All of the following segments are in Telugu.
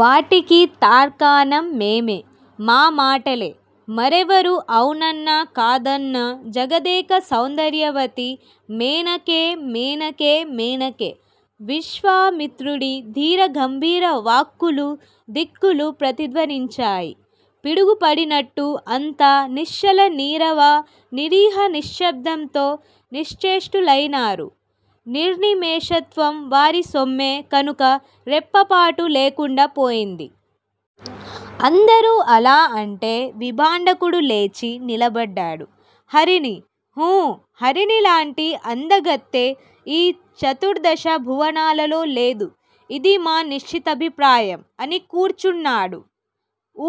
వాటికి తార్కాణం మేమే! మా మాటలే! మరెవరు అవునన్నా కాదన్నా జగదేక సౌందర్యవతి మేనకే! మేనకే! మేనకే!! విశ్వామిత్రుడి ధీర గంభీర వాక్కులు దిక్కులు ప్రతిధ్వనించాయి. పిడుగు పడినట్టు అంతా నిశ్చల నీరవ నిరీహ నిశ్శబ్దంతో నిశ్చేష్టులయినారు. నిర్నిమేషత్వం వారి సొమ్మే కనుక రెప్పపాటు లేకుండా పోయింది. అందరూ అలా ఉంటే విభాండకుడు లేచి నిలబడ్డాడు. 'హరిణి! హూ! హరిణి లాంటి అందగత్తె ఈ చతుర్ధశ భువనాలలో లేదు! ఇది మా నిశ్చితాభిప్రాయం' అని కూర్చున్నాడు.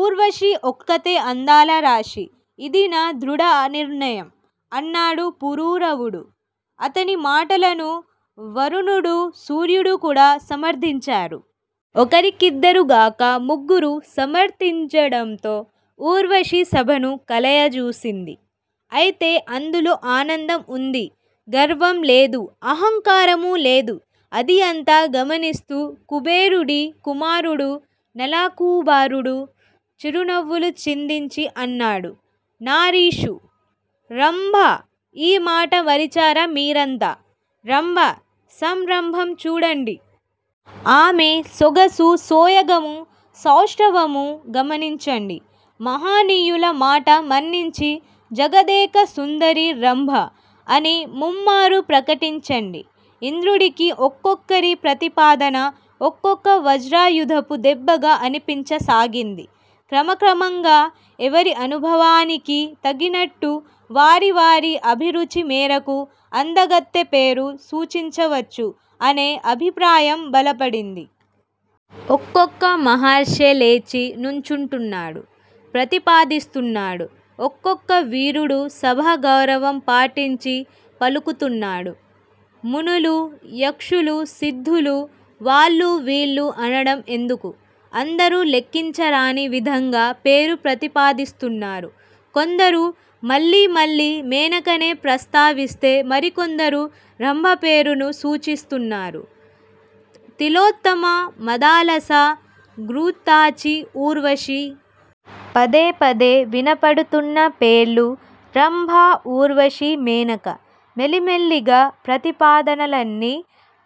'ఊర్వశి ఒక్కతే అందాల రాశి. ఇది నా దృఢ నిర్ణయం' అన్నాడు పురూరవుడు. అతని మాటలను వరుణుడూ, సూర్యుడు కూడా సమర్ధించారు. ఒకరికిద్దరు గాక ముగ్గురు సమర్ధించడంతో ఊర్వశి సభను కలయజూసింది. ఐతే అందులో ఆనందం ఉంది. గర్వం లేదు. అహంకారమూ లేదు. అది అంతా గమనిస్తూ కుబేరుడి కుమారుడు నలకూబరుడు చిరునవ్వులు చిందించి అన్నాడు. 'నారీషు రంభా! ఈ మాట మరిచారా మీరంతా? రంభ సంరంభం చూడండి! ఆమె సొగసు సోయగమూ సౌష్టవమూ గమనించండి. మహనీయుల మాట మన్నించి జగదేక సుందరి రంభ అని ముమ్మారూ ప్రకటించండి! ' ఇంద్రుడికి ఒక్కొక్కరి ప్రతిపాదనా ఒక్కొక్క వజ్రాయుధపు దెబ్బగా అనిపించసాగింది. క్రమ క్రమంగా ఎవరి అనుభవానికి తగినట్టు వారి వారి అభిరుచి మేరకు అందగత్తె పేరు సూచించవచ్చు అనే అభిప్రాయం బలపడింది. ఒక్కొక్క మహర్షే లేచి నుంచుంటున్నాడు. ప్రతిపాదిస్తున్నాడు. ఒక్కొక్క వీరుడు సభా గౌరవం పాటించి పలుకుతున్నాడు. మునులు-యక్షులు-సిద్ధులు- వాళ్ళు వీళ్ళు అనడం ఎందుకు? అందరూ లెక్కించరాని విధంగా పేరు ప్రతిపాదిస్తున్నారు. కొందరు మళ్ళీ మళ్ళీ మేనకనే ప్రస్తావిస్తే మరికొందరు రంభ పేరును సూచిస్తున్నారు. తిలోత్తమ మదాలస, ఘ్రుతాచి, ఊర్వశి! పదేపదే వినపడుతున్న పేర్లు రంభ! ఊర్వశి! మేనక! మెలిమెల్లిగా ప్రతిపాదనలన్నీ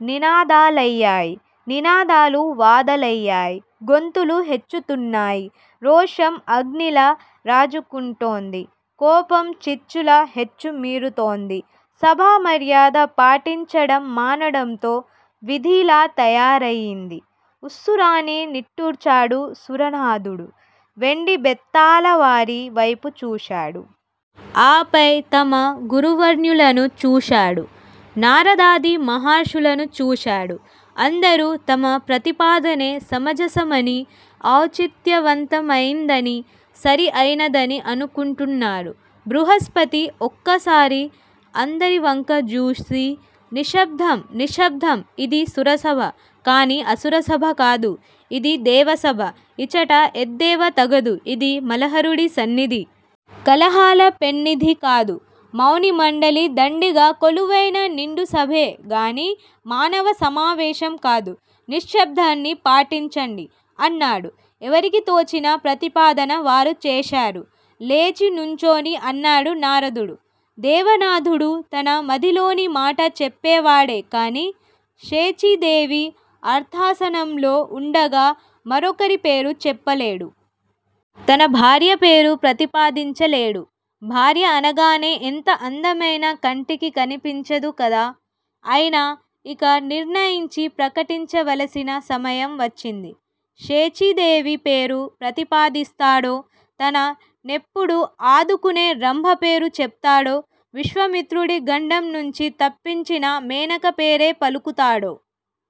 నినాదాలయ్యాయి. నినాదాలు వాదాలయ్యాయి. గొంతులు హెచ్చుతున్నాయి. రోషం అగ్నిలా రాజుకుంటోంది. కోపం చిచ్చులా హెచ్చు మీరుతోంది. సభా మర్యాద పాటించడం మానడంతో వీధిలా తయారయింది. ఉస్సురని నిట్టూర్చాడు సురనాధుడు. వెండి బెత్తాలవారి వైపు చూశాడు. ఆపై తమ గురువర్యులణు చూశాడు. నారదాది మహర్షులను చూశాడు. అందరూ తమ ప్రతిపాదనే సమజసమనీ-ఔచిత్యవంతమయిందనీ. సరి అయినదనీ అనుకుంటున్నారు. బృహస్పతి ఒక్కసారి అందరి వంకా జూసి 'నిశ్శబ్దం! నిశ్శబ్దం! ఇది సురసభ! కానీ అసుర సభ కాదు! ఇది దేవసభ. ఇచట యెద్దేవ తగదు! ఇది మలహరుడి సన్నిధి! కలహాల పెన్నిధి కాదు! మౌని మండలి దండిగా కొలువైన నిండు సభే గానీ మానవ సమావేశం కాదు. నిశ్శబ్దాన్ని పాటించండి' అన్నాడు. 'ఎవరికి తోచిన ప్రతిపాదన వారు చేశారు' లేచి నుంచుని అన్నాడు నారదుడు. 'దేవనాధుడు తన మదిలోని మాట చెప్పేవాడే కానీ శచీదేవి అర్ధాసనంలో ఉండగా మరొకరి పేరు చెప్పలేడు. తన భార్య పేరూ ప్రతిపాదించలేడూ. భార్య అనగానే ఎంత అందమైనా కంటికి కనిపించదు కదా! అయినా ఇక నిర్ణయించి ప్రకటించవలసిన సమయం వచ్చింది. శచీదేవి పేరు ప్రతిపాదిస్తాడో! తన నెప్పుడూ ఆదుకునే రంభ పేరు చెప్తాడో! విశ్వామిత్రుడి గండం నుంచి తప్పించిన మేనక పేరే పలుకుతాడో!